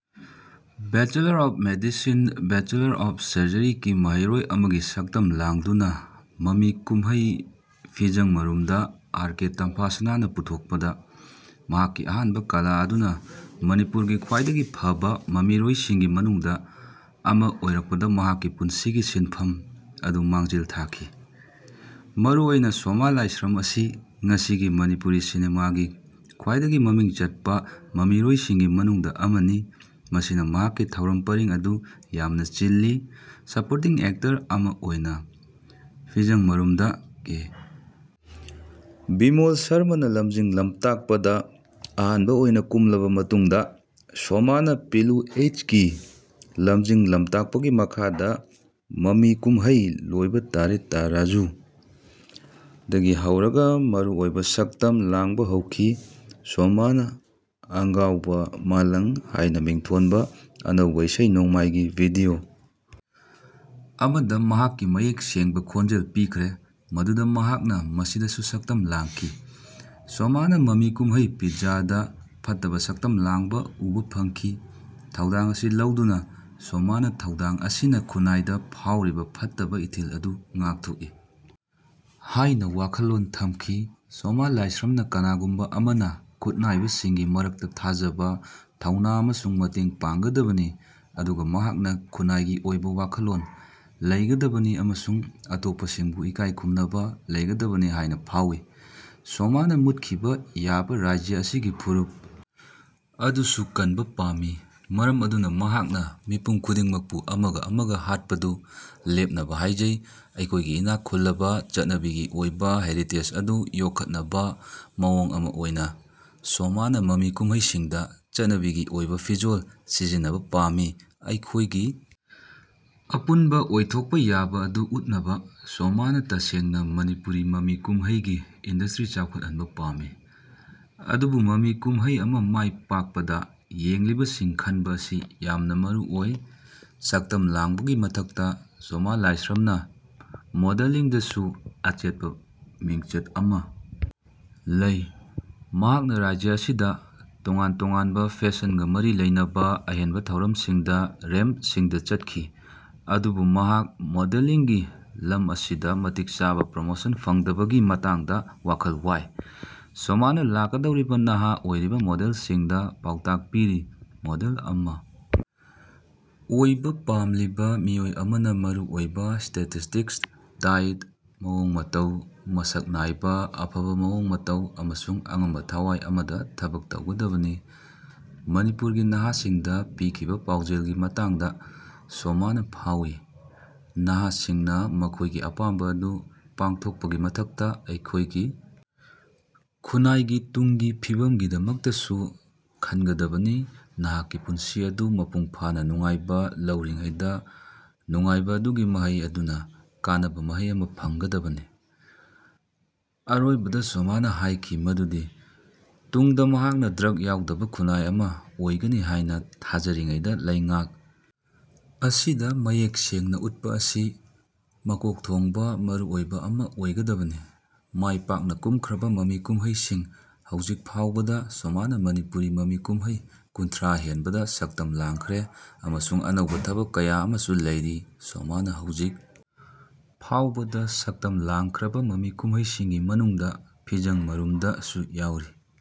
Bachelor of medicine, bachelor of surgery ꯀꯤ ꯃꯍꯩꯔꯣꯏ ꯑꯃꯒꯤ ꯁꯛꯇꯝ ꯂꯥꯡꯗꯨꯅ ꯃꯃꯤ ꯀꯨꯝꯍꯩ 'ꯐꯤꯖꯡ ꯃꯔꯨꯝꯗꯥ' (ꯑꯥꯔ. ꯀꯦ. ꯇꯝꯐꯥꯁꯅꯥꯅ ꯄꯨꯊꯣꯛꯄ)ꯗ ꯃꯍꯥꯛꯀꯤ ꯑꯍꯥꯟꯕ ꯀꯂꯥ ꯑꯗꯨꯅ ꯃꯅꯤꯄꯨꯔꯒꯤ ꯈ꯭ꯋꯥꯏꯗꯒꯤ ꯐꯕ ꯃꯃꯤꯔꯣꯏꯁꯤꯡꯒꯤ ꯃꯅꯨꯡꯗ ꯑꯃ ꯑꯣꯏꯔꯛꯄꯗ ꯃꯍꯥꯛꯀꯤ ꯄꯨꯟꯁꯤꯒꯤ ꯁꯤꯟꯐꯝ ꯑꯗꯨ ꯃꯥꯡꯖꯤꯜ ꯊꯥꯈꯤ꯫ ꯃꯔꯨꯑꯣꯏꯅ ꯁꯣꯃꯥ ꯂꯥꯏꯁ꯭ꯔꯝ ꯑꯁꯤ ꯉꯁꯤꯒꯤ ꯃꯅꯤꯄꯨꯔꯤ ꯁꯤꯅꯦꯃꯥꯒꯤ ꯈ꯭ꯋꯥꯏꯗꯒꯤ ꯃꯃꯤꯡ ꯆꯠꯄ ꯃꯃꯤꯔꯣꯏꯁꯤꯡꯒꯤ ꯃꯅꯨꯡꯗ ꯑꯃꯅꯤ ꯃꯁꯤꯅ ꯃꯍꯥꯛꯀꯤ ꯊꯧꯔꯝ ꯄꯔꯤꯡ ꯑꯗꯨ ꯌꯥꯝꯅ ꯆꯤꯜꯂꯤ꯫ ꯁꯄꯣꯔꯇꯤꯡ ꯑꯦꯛꯇꯔ ꯑꯃ ꯑꯣꯏꯅ 'ꯐꯤꯖꯥꯡ ꯃꯔꯨꯝꯗꯥ' (ꯀꯦ. ꯕꯤꯃꯣꯜ ꯁꯔꯃꯥꯅ ꯂꯝꯖꯤꯡ-ꯂꯝꯇꯥꯛꯄ)ꯗ ꯑꯍꯥꯟꯕ ꯑꯣꯏꯅ ꯀꯨꯝꯂꯕ ꯃꯇꯨꯡꯗ ꯁꯣꯃꯥꯅ ꯄꯤꯂꯨ ꯑꯦꯆ. ꯒꯤ ꯂꯝꯖꯤꯡ-ꯂꯝꯇꯥꯛꯄꯒꯤ ꯃꯈꯥꯗ ꯃꯃꯤ ꯀꯨꯝꯍꯩ 'ꯂꯣꯏꯕꯥ ꯇꯥꯔꯦ ꯇꯥ ꯔꯥꯖꯨ' ꯗꯒꯤ ꯍꯧꯔꯒ ꯃꯔꯨꯑꯣꯏꯕ ꯁꯛꯇꯝ ꯂꯥꯡꯕ ꯍꯧꯈꯤ꯫ ꯁꯣꯃꯥꯅ 'ꯑꯪꯒꯥꯎꯕꯥ ꯃꯥꯂꯡ' ꯍꯥꯏꯅ ꯃꯤꯡꯊꯣꯟꯕ ꯑꯅꯧꯕ ꯏꯁꯩ-ꯅꯣꯡꯃꯥꯏꯒꯤ ꯚꯤꯗꯤꯑꯣ ꯑꯃꯗ ꯃꯍꯥꯛꯀꯤ ꯃꯌꯦꯛ ꯁꯦꯡꯕ ꯈꯣꯟꯖꯦꯜ ꯄꯤꯈ꯭ꯔꯦ ꯃꯗꯨꯗ ꯃꯍꯥꯛꯅ ꯃꯁꯤꯗꯁꯨ ꯁꯛꯇꯝ ꯂꯥꯡꯈꯤ꯫ ꯁꯣꯃꯥꯅ ꯃꯃꯤ ꯀꯨꯝꯍꯩ 'ꯄꯤꯠꯖꯥ' ꯗ ꯐꯠꯇꯕ ꯁꯛꯇꯝ ꯂꯥꯡꯕ ꯎꯕ ꯐꯪꯈꯤ꯫ ꯊꯧꯗꯥꯡ ꯑꯁꯤ ꯂꯧꯗꯨꯅ ꯁꯣꯃꯥꯅ ꯊꯧꯗꯥꯡ ꯑꯁꯤꯅ ꯈꯨꯟꯅꯥꯏꯗ ꯐꯥꯎꯔꯤꯕ ꯐꯠꯇꯕ ꯏꯊꯤꯜ ꯑꯗꯨ ꯉꯥꯛꯊꯣꯛꯏ ꯍꯥꯏꯅ ꯋꯥꯈꯜꯂꯣꯟ ꯊꯝꯈꯤ꯫ ꯁꯣꯃꯥ ꯂꯥꯏꯁ꯭ꯔꯥꯝꯅ ꯀꯅꯥꯒꯨꯝꯕ ꯑꯃꯅ ꯈꯨꯠꯅꯥꯏꯕꯁꯤꯡꯒꯤ ꯃꯔꯛꯇ ꯊꯥꯖꯕ, ꯊꯧꯅꯥ ꯑꯃꯁꯨꯡ ꯃꯇꯦꯡ ꯄꯥꯡꯒꯗꯕꯅꯤ ꯑꯗꯨꯒ ꯃꯍꯥꯛꯅ ꯈꯨꯟꯅꯥꯏꯒꯤ ꯑꯣꯏꯕ ꯋꯥꯈꯜꯂꯣꯟ ꯂꯩꯒꯗꯕꯅꯤ ꯑꯃꯁꯨꯡ ꯑꯇꯣꯞꯄꯁꯤꯡꯕꯨ ꯏꯀꯥꯏ ꯈꯨꯝꯅꯕ ꯂꯩꯒꯗꯕꯅꯤ ꯍꯥꯏꯅ ꯐꯥꯎꯏ꯫ ꯁꯣꯃꯥꯅ ꯃꯨꯠꯈꯤꯕ ꯌꯥꯕ ꯔꯥꯖ꯭ꯌ ꯑꯁꯤꯒꯤ ꯐꯨꯔꯨꯞ ꯑꯗꯨꯁꯨ ꯀꯟꯕ ꯄꯥꯝꯃꯤ꯫ ꯃꯔꯝ ꯑꯗꯨꯅ ꯃꯍꯥꯛꯅ ꯃꯤꯄꯨꯝ ꯈꯨꯗꯤꯡꯃꯛꯄꯨ ꯑꯃꯒ ꯑꯃꯒ ꯍꯥꯠꯄꯗꯨ ꯂꯦꯞꯅꯕ ꯍꯥꯏꯖꯩ꯫ ꯑꯩꯈꯣꯏꯒꯤ ꯏꯅꯥꯛ ꯈꯨꯜꯂꯕ ꯆꯠꯅꯕꯤꯒꯤ ꯑꯣꯏꯕ ꯍꯦꯔꯤꯇꯦꯖ ꯑꯗꯨ ꯌꯣꯛꯈꯠꯅꯕ ꯃꯑꯣꯡ ꯑꯃ ꯑꯣꯏꯅ ꯁꯣꯃꯥꯅ ꯃꯃꯤ ꯀꯨꯝꯍꯩꯁꯤꯡꯗ ꯆꯠꯅꯕꯤꯒꯤ ꯑꯣꯏꯕ ꯐꯤꯖꯣꯜ ꯁꯤꯖꯤꯟꯅꯕ ꯄꯥꯝꯃꯤ꯫ ꯑꯩꯈꯣꯏꯒꯤ ꯑꯄꯨꯟꯕ ꯑꯣꯏꯊꯣꯛꯄ ꯌꯥꯕ ꯑꯗꯨ ꯎꯠꯅꯕ ꯁꯣꯃꯥꯅ ꯇꯁꯦꯡꯅ ꯃꯅꯤꯄꯨꯔꯤ ꯃꯃꯤ ꯀꯨꯝꯍꯩꯒꯤ ꯏꯟꯗꯁꯇ꯭ꯔꯤ ꯆꯥꯎꯈꯠꯍꯟꯕ ꯄꯥꯝꯃꯤ꯫ ꯑꯗꯨꯕꯨ ꯃꯃꯤ ꯀꯨꯝꯍꯩ ꯑꯃ ꯃꯥꯏ ꯄꯥꯛꯄꯗ ꯌꯦꯡꯂꯤꯕꯁꯤꯡ ꯈꯟꯕ ꯑꯁꯤ ꯌꯥꯝꯅ ꯃꯔꯨꯑꯣꯏ꯫ ꯁꯛꯇꯝ ꯂꯥꯡꯕꯒꯤ ꯃꯊꯛꯇ ꯁꯣꯃꯥ ꯂꯥꯏꯁ꯭ꯔꯝꯅ ꯃꯣꯗꯦꯂꯤꯡꯗꯁꯨ ꯑꯆꯦꯠꯄ ꯃꯤꯡꯆꯠ ꯑꯃ ꯂꯩ꯫ ꯃꯍꯥꯛꯅ ꯔꯥꯖ꯭ꯌ ꯑꯁꯤꯗ ꯇꯣꯉꯥꯟ-ꯇꯣꯉꯥꯟꯕ ꯐꯦꯁꯟꯒ ꯃꯔꯤ ꯂꯩꯅꯕ ꯑꯍꯦꯟꯕ ꯊꯧꯔꯝꯁꯤꯡꯗ ꯔꯦꯝꯞꯁꯤꯡꯗ ꯆꯠꯈꯤ꯫ ꯑꯗꯨꯕꯨ ꯃꯍꯥꯛ ꯃꯣꯗꯦꯂꯤꯡꯒꯤ ꯂꯝ ꯑꯁꯤꯗ ꯃꯇꯤꯛ ꯆꯥꯕ ꯄ꯭ꯔꯣꯃꯣꯁꯟ ꯐꯪꯗꯕꯒꯤ ꯃꯇꯥꯡꯗ ꯋꯥꯈꯜ ꯋꯥꯏ꯫ ꯁꯣꯃꯥꯅ ꯂꯥꯛꯀꯗꯧꯔꯤꯕ ꯅꯍꯥ ꯑꯣꯏꯔꯤꯕ ꯃꯣꯗꯦꯜꯁꯤꯡꯗ ꯄꯥꯎꯇꯥꯛ ꯄꯤꯔꯤ 'ꯃꯣꯗꯦꯜ ꯑꯃ ꯑꯣꯏꯕ ꯄꯥꯝꯂꯤꯕ ꯃꯤꯑꯣꯏ ꯑꯃꯅ ꯃꯔꯨꯑꯣꯏꯕ ꯁ꯭ꯇꯦꯇꯤꯁꯇꯤꯛꯁ, ꯗꯥꯏꯠ, ꯃꯑꯣꯡ-ꯃꯇꯧ, ꯃꯁꯛ ꯅꯥꯏꯕ, ꯑꯐꯕ ꯃꯑꯣꯡ ꯃꯇꯧ ꯑꯃꯁꯨꯡ ꯑꯉꯝꯕ ꯊꯋꯥꯏ ꯑꯃꯗ ꯊꯕꯛ ꯇꯧꯒꯗꯕꯅꯤ'꯫ ꯃꯅꯤꯄꯨꯔꯒꯤ ꯅꯍꯥꯁꯤꯡꯗ ꯄꯤꯈꯤꯕ ꯄꯥꯎꯖꯦꯜꯒꯤ ꯃꯇꯥꯡꯗ ꯁꯣꯃꯥꯅ ꯐꯥꯎꯋꯤ "ꯅꯍꯥꯁꯤꯡꯅ ꯃꯈꯣꯏꯒꯤ ꯑꯄꯥꯝꯕ ꯑꯗꯨ ꯄꯥꯡꯊꯣꯛꯄꯒꯤ ꯃꯊꯛꯇ, ꯑꯩꯈꯣꯏꯒꯤ ꯈꯨꯟꯅꯥꯏꯒꯤ ꯇꯨꯡꯒꯤ ꯐꯤꯕꯝꯒꯤꯗꯃꯛꯇꯁꯨ ꯈꯟꯒꯗꯕꯅꯤ ꯅꯍꯥꯛꯀꯤ ꯄꯨꯟꯁꯤ ꯑꯗꯨ ꯃꯄꯨꯡ ꯐꯥꯅ ꯅꯨꯡꯉꯥꯏꯕ ꯂꯧꯔꯤꯉꯩꯗ, ꯅꯨꯡꯉꯥꯏꯕ ꯑꯗꯨꯒꯤ ꯃꯍꯩ ꯑꯗꯨꯅ ꯀꯥꯟꯅꯕ ꯃꯍꯩ ꯑꯃ ꯐꯪꯒꯗꯕꯅꯤ"꯫ ꯑꯔꯣꯏꯕꯗ ꯁꯣꯃꯥꯅ ꯍꯥꯏꯈꯤ ꯃꯗꯨꯗꯤ ꯇꯨꯡꯗ ꯃꯍꯥꯛꯅ ꯗ꯭ꯔꯒ ꯌꯥꯎꯗꯕ ꯈꯨꯟꯅꯥꯏ ꯑꯃ ꯑꯣꯏꯒꯅꯤ ꯍꯥꯏꯅ ꯊꯥꯖꯔꯤꯉꯩꯗ ꯂꯩꯉꯥꯛ ꯑꯁꯤꯗ ꯃꯌꯦꯛ ꯁꯦꯡꯅ ꯎꯠꯄ ꯑꯁꯤ ꯃꯀꯣꯛ ꯊꯣꯡꯕ ꯃꯔꯨꯑꯣꯏꯕ ꯑꯃ ꯑꯣꯏꯒꯗꯕꯅꯤ꯫ ꯃꯥꯏ ꯄꯥꯛꯅ ꯀꯨꯝꯈ꯭ꯔꯕ ꯃꯃꯤ ꯀꯨꯝꯍꯩꯁꯤꯡ ꯍꯧꯖꯤꯛ ꯐꯥꯎꯕꯗ ꯁꯣꯃꯥꯅ ꯃꯅꯤꯄꯨꯔꯤ ꯃꯃꯤ ꯀꯨꯝꯍꯩ ꯀꯨꯟꯊ꯭ꯔꯥ ꯍꯦꯟꯕꯗ ꯁꯛꯇꯝ ꯂꯥꯡꯈ꯭ꯔꯦ ꯑꯃꯁꯨꯡ ꯑꯅꯧꯕ ꯊꯕꯛ ꯀꯌꯥ ꯑꯃꯁꯨ ꯂꯩꯔꯤ꯫ ꯁꯣꯃꯥꯅ ꯍꯧꯖꯤꯛ ꯐꯥꯎꯕꯗ ꯁꯛꯇꯝ ꯂꯥꯡꯈ꯭ꯔꯕ ꯃꯃꯤ ꯀꯨꯝꯍꯩꯁꯤꯡꯒꯤ ꯃꯅꯨꯡꯗ "ꯐꯤꯖꯡ ꯃꯔꯨꯝꯗ" ꯁꯨ ꯌꯥꯎꯔꯤ꯫